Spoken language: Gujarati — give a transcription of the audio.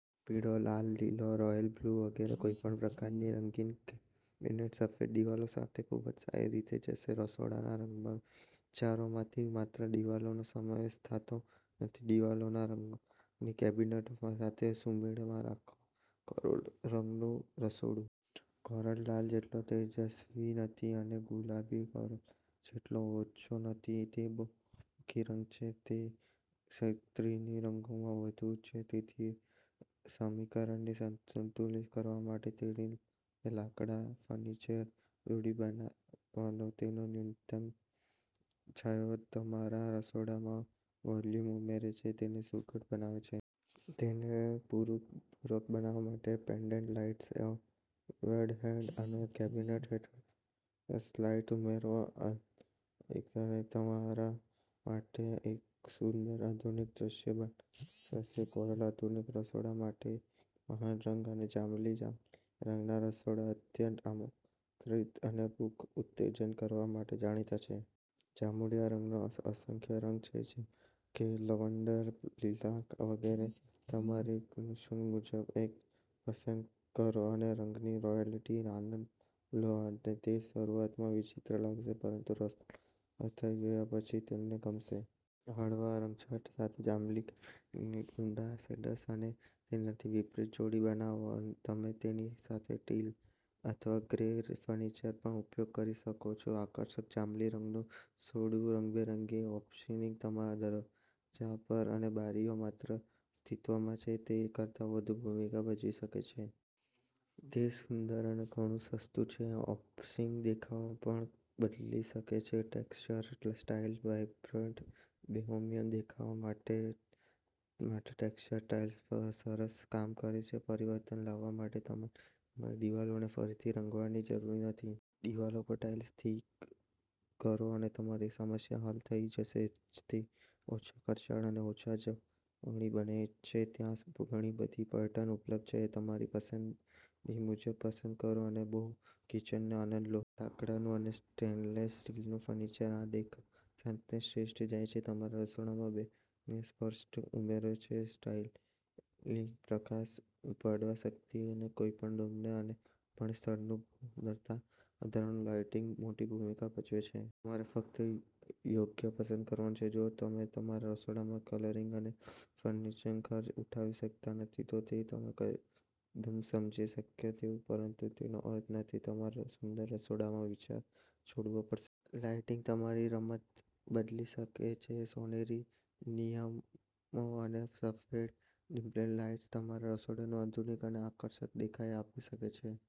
પીળો, લાલ, લીલો, રોયલ બ્લુ વગેરે, કોઈપણ પ્રકારની રંગીન કેબિનેટ્સ સફેદ દિવાલો સાથે ખૂબ સારી રીતે જશે. રસોડાના રંગના વિચારોમાં માત્ર દિવાલોનો સમાવેશ થતો નથી. દિવાલોના રંગને કેબિનેટ સાથે સુમેળમાં રાખો. કોરલ રંગનું રસોડું. કોરલ લાલ જેટલો તેજસ્વી નથી અને ગુલાબી કોરલ જેટલો આછો નથી. તે બહુમુખી રંગ છે. તે સ્ત્રીની રંગમાં વધુ છે તેથી સમીકરણને સંતુલિત કરવા માટે તેની સાથે લાકડાના ફર્નિચરની જોડી બનાવો. તેનો ન્યૂનતમ છાંયો તમારા રસોડામાં વોલ્યુમ ઉમેરે છે, તેને સુઘડ બનાવે છે. તેને પૂરક બનાવવા માટે પેન્ડન્ટ લાઇટ્સ ઓવરહેડ અને કેબિનેટ્સ હેઠળ ફોકસ લાઇટ્સ ઉમેરો. એકંદરે તે તમારા માટે એક સુંદર આધુનિક દૃશ્ય બનાવશે. કોરલ આધુનિક રસોડા માટે એક મહાન રંગ છે. જાંબલી રંગરંગના રસોડા અત્યંત આમંત્રિત અને ભૂખ ઉત્તેજિત કરવા માટે જાણીતા છે. જાંબુડિયા રંગના અસંખ્ય રંગ છે, જેમ કે લવંડર, લીલાક વગેરે. તમારી કુશળ મુજબ એક પસંદ કરો અને રંગની રોયલ્ટીનો આનંદ લો. તે તમને શરૂઆતમાં વિચિત્ર લાગશે, પરંતુ રસોડું તૈયાર થઈ ગયા પછી, તમને તે ગમશે. હળવા રંગછટા સાથે જાંબલી કેબિનેટના ઊંડા શેડ્સ અને તેનાથી વિપરીત જોડી બનાવો. તમે તેની સાથે ટીલ અથવા ગ્રે ફર્નિચરનો પણ ઉપયોગ કરી શકો છો. આકર્ષક જાંબલી રંગનું રસોડું. રંગબેરંગી ઓપનિંગ્સ. તમારા દરવાજા અને બારીઓ માત્ર અસ્તિત્વમાં છે તેના કરતાં વધુ ભૂમિકા ભજવી શકે છે. તે સુંદર અને ઘણું સસ્તું છે. ઓપસિંગ દેખાવ પણ બદલી શકે છે. Texture tiles. વાઇબ્રન્ટ બોહેમિયન દેખાવ બનાવવા માટે ટેક્ષ્ચર ટાઇલ્સ સરસ કામ કરે છે. પરિવર્તન લાવવા માટે તમારે તમારી દિવાલોને ફરીથી રંગવાની જરૂર નથી. દિવાલો પર ટાઇલ્સ ઠીક કરો, અને તમારી સમસ્યા હલ થઈ જશે. તે ઓછા ખર્ચાળ અને ઓછા જાળવણી બંને છે. ત્યાં ઘણી બધી પેટર્ન ઉપલબ્ધ છે. તમારી પસંદગી મુજબ પસંદ કરો અને બોહો કિચનનો આનંદ લો. લાકડાનું અને સ્ટેલેસ સ્ટીલનું ફર્નિચર આ દેખાવ સાથે શ્રેષ્ઠ જાય છે. તમારા રસોડામાં બોહેમિયન સ્પષ્ટ ઉમેરો. લાઇટિંગમાં પ્રકાશ પાડવાની શક્તિ છે. કોઈપણ રૂમ અને કોઈપણ સ્થળની સુંદરતા વધારવામાં લાઇટ્સ મોટી ભૂમિકા ભજવે છે. તમારે ફક્ત યોગ્ય પસંદ કરવાનું છે. જો તમે તમારા રસોડામાં કલરિંગ અને ફર્નિશિંગ ખર્ચ ઉઠાવી શકતા નથી, તો તે એકદમ સમજી શકાય તેવું છે. પરંતુ તેનો અર્થ નથી કે તમારે સુંદર રસોડાનો વિચાર છોડવો પડશે. લાઇટિંગ તમારી રમત બદલી શકે છે. સોનેરી, નિયમ અને સફેદ ડિમેબલ લાઇટ્સ તમારા રસોડાને આધુનિક અને આકર્ષક દેખાવ આપી શકે છે.